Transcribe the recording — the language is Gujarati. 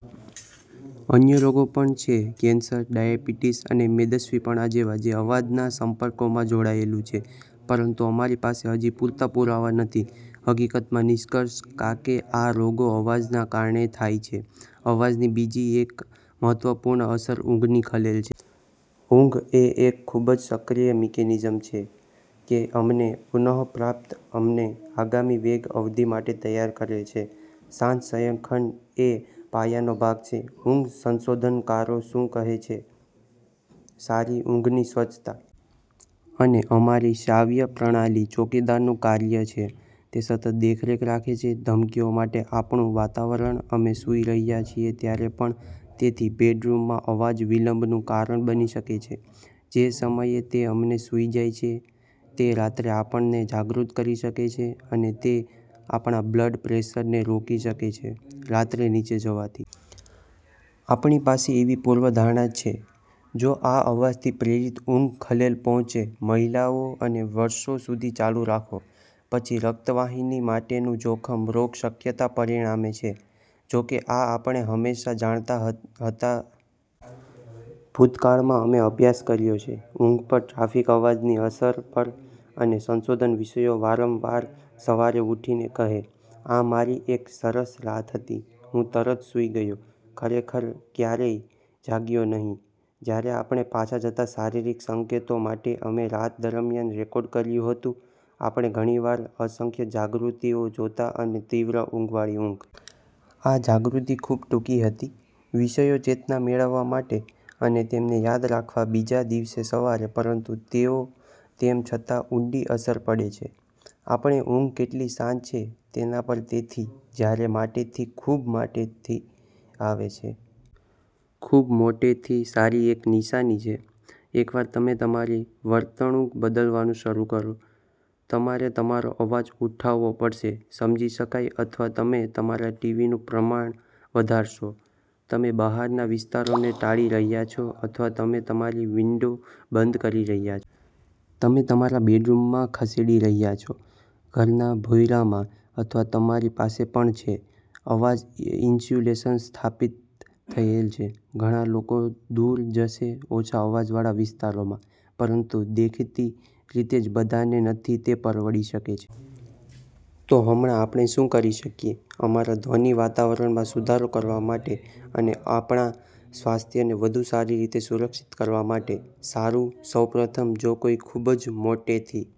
અન્ય રોગો પણ છે કેન્સર, ડાયાબિટીઝ અને મેદસ્વીપણા જેવા જે અવાજના સંપર્કમાં જોડાયેલું છે, પરંતુ અમારી પાસે હજી પૂરતા પુરાવા નથી હકીકતમાં, નિષ્કર્ષ કા. ો કે આ રોગો અવાજ કારણે થાય છે. અવાજની બીજી એક મહત્વપૂર્ણ અસર ઊંઘની ખલેલ છે. ઊંઘ એ ખૂબ જ સક્રિય મિકેનિઝમ છે કે અમને પુન. પ્રાપ્ત અને અમને આગામી વેક અવધિ માટે તૈયાર કરે છે. શાંત શયનખંડ એ પાયાનો ભાગ છે ઊંઘ સંશોધનકારો શું કહે છે "સારી ઊંઘની સ્વચ્છતા. "અને અમારી શ્રાવ્ય પ્રણાલી ચોકીદારનું કાર્ય છે. તે સતત દેખરેખ રાખે છે ધમકીઓ માટે આપણું વાતાવરણ, અમે સૂઈ રહ્યાં છીએ ત્યારે પણ. તેથી બેડરૂમમાં અવાજ વિલંબનું કારણ બની શકે છે જે સમયે તે અમને સૂઈ જાય છે, તે રાત્રે આપણને જાગૃત કરી શકે છે, અને તે આપણા બ્લડ પ્રેશરને રોકી શકે છે રાત્રે નીચે જવાથી. આપણી પાસે એવી પૂર્વધારણા છે જો આ અવાજથી પ્રેરિત ઊંઘ ખલેલ પહોંચે મહિનાઓ અને વર્ષો સુધી ચાલુ રાખો, પછી રક્તવાહિની માટેનું જોખમ રોગ શક્યતા પરિણામ છે. જો કે, આપણે હંમેશાં જાણતા હોતા નથી આ અવાજથી પ્રેરિત ઊંઘની ખલેલ, કારણ કે આપણે બેભાન છીએ જ્યારે આપણે સૂઈ રહ્યા છીએ. ભૂતકાળમાં, અમે અભ્યાસ કર્યો છે ઊંઘ પર ટ્રાફિક અવાજની અસરો પર, અને સંશોધન વિષયો વારંવાર સવારે ઉઠીને કહે, આહ, મારી એક સરસ રાત હતી, હું તરત સૂઈ ગયો, ખરેખર ક્યારેય જાગ્યો નહીં. " જ્યારે આપણે પાછા જતા શારીરિક સંકેતો માટે અમે રાત દરમિયાન રેકોર્ડ કર્યું હતું, આપણે ઘણી વાર અસંખ્ય જાગૃતિ જોતા અને તીવ્ર ઊંઘવાળી ઊંઘ. આ જાગૃતિ ખૂબ ટૂંકી હતી વિષયો ચેતના મેળવવા માટે અને તેમને યાદ રાખવા બીજા દિવસે સવારે, પરંતુ તેઓ તેમ છતાં ઊંડી અસર પડે છે આપણી ઊંઘ કેટલી શાંત છે તેના પર. તેથી જ્યારે મોટેથી ખૂબ મોટેથી આવે છે? ખૂબ મોટેથી એક સારી નિશાની છે એકવાર તમે તમારી વર્તણૂક બદલવાનું શરૂ કરો. તમારે તમારો અવાજ ઉઠાવવો પડશે સમજી શકાય, અથવા તમે તમારા ટીવીનું પ્રમાણ વધારશો. તમે બહારના વિસ્તારોને ટાળી રહ્યા છો, અથવા તમે તમારી વિંડો બંધ કરી રહ્યાં છો. તમે તમારા બેડરૂમમાં ખસેડી રહ્યા છો ઘરના ભોંયરામાં, અથવા તમારી પાસે પણ છે અવાજ ઇન્સ્યુલેશન સ્થાપિત થયેલ છે. ઘણા લોકો દૂર જશે ઓછા અવાજવાળા વિસ્તારોમાં, પરંતુ દેખીતી રીતે જ બધાને નથી તે પરવડી શકે છે. તો હમણાં આપણે શું કરી શકીએ અમારા ધ્વનિ વાતાવરણમાં સુધારો કરવા માટે અને આપણા સ્વાસ્થ્યને વધુ સારી રીતે સુરક્ષિત કરવા માટે? સારું, સૌ પ્રથમ, જો કંઇક ખૂબ મોટેથી